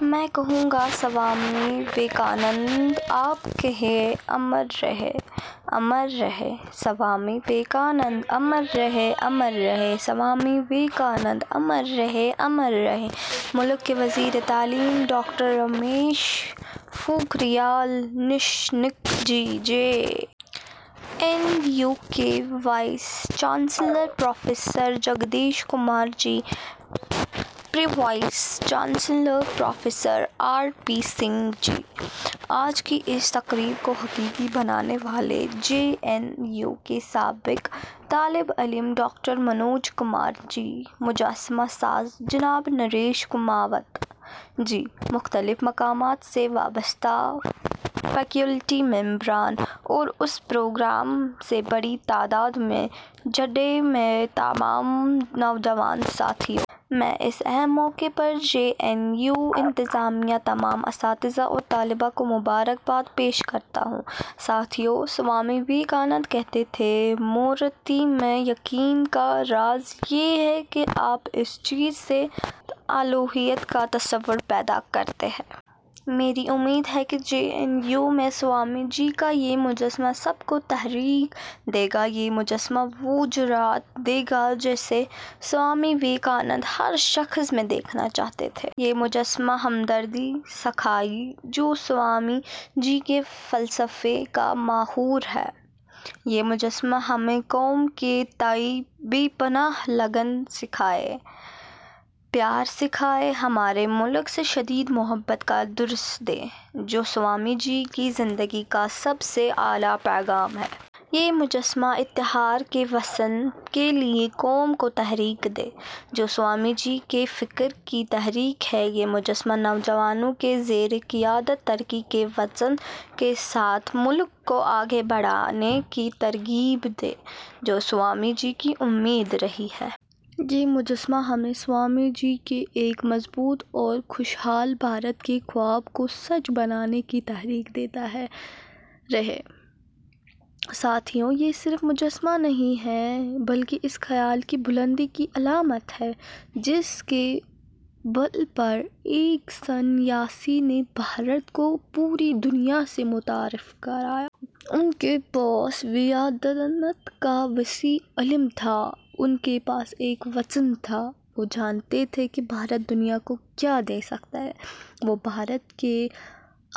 میں کہوں گا سوامی وویکانند۔ آپ کہیے، امر رہیں، امر رہیں۔ سوامی وویکانند۔ امر رہیں، امر رہیں۔ سوامی وویکانند۔ امر رہیں، امر رہیں۔ ملک کے وزیرِ تعلیم، doctor Ramesh Pokhriyal Nishank ji, J N U کے vice chancellor professor Jagdish Kumar ji, pro vice chancellor professor R P Singh ji, آج کی اس تقریب کو حقیقی بنانے والے جے این یو کے سابق طالب علم ڈاکٹر منوج کمار جی، مجسمہ ساز جناب نریش کماوت جی، مختلف مقامات سے وابستہ فیکلٹی ممبران اور اس پروگرام سے بڑی تعداد میں جڑے میرے تمام نوجوان ساتھیو۔ میں اس اہم موقع پر جے این یو انتظامیہ، تمام اساتذہ اور طلبہ کو مبارک باد پیش کرتا ہوں۔ ساتھیو، سوامی وویکانند کہتے تھے، "مورتی میں یقین کا راز یہ ہے کہ آپ اس چیز سے الوہیت کا تصور پیدا کرتے ہیں۔" میری امید ہے کہ جے این یو میں سوامی جی کا یہ مجسمہ سب کو تحریک دے گا، یہ مجسمہ وہ جرأت دے گا جسے سوامی وویکانند ہر شخص میں دیکھنا چاہتے تھے۔ یہ مجسمہ ہمدردی سکھائے، جو سوامی جی کے فلسفے کا محور ہے۔ یہ مجسمہ ہمیں قوم کے تئیں بے پناہ لگن سکھائے، پیار سکھائے، ہمارے ملک سے شدید محبت کا درس دے، جو سوامی جی کی زندگی کا سب سے اعلیٰ پیغام ہے۔ یہ مجسمہ اتحاد کے وژن کے لیے قوم کو تحریک دے، جو سوامی جی کے فکر کی تحریک ہے۔ یہ مجسمہ نوجوانوں کے زیرِ قیادت ترقی کے وژن کے ساتھ ملک کو آگے بڑھانے کی ترغیب دے، جو سوامی جی کی امید رہی ہے۔ یہ مجسمہ ہمیں سوامی جی کے ایک مضبوط اور خوشحال بھارت کے خواب کو سچ بنانے کی تحریک دیتا رہے۔ ساتھیو، یہ صرف مجسمہ نہیں ہے، بلکہ اس خیال کی بلندی کی علامت ہے، جس کے بل پر ایک سنیاسی نے بھارت کو پوری دنیا سے متعارف کرایا۔ ان کے پاس ویدانت کا وسیع علم تھا۔ ان کے پاس ایک وژن تھا۔ وہ جانتے تھے کہ بھارت دنیا کو کیا دے سکتا ہے۔ وہ بھارت کے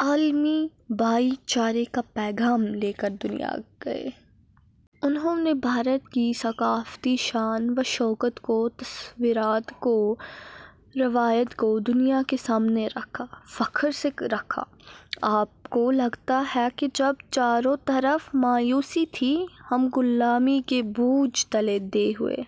عالمی بھائی چارے کا پیغام لے کر دنیا گئے۔ انہوں نے بھارت کی ثقافتی شان و شوکت کو، تصورات کو، روایات کو دنیا کے سامنے رکھا۔ فخر سے رکھا۔ آپ کو لگتا ہے کہ جب چاروں طرف مایوسی تھی، ہم غلامی کے بوجھ تلے دبے ہوئے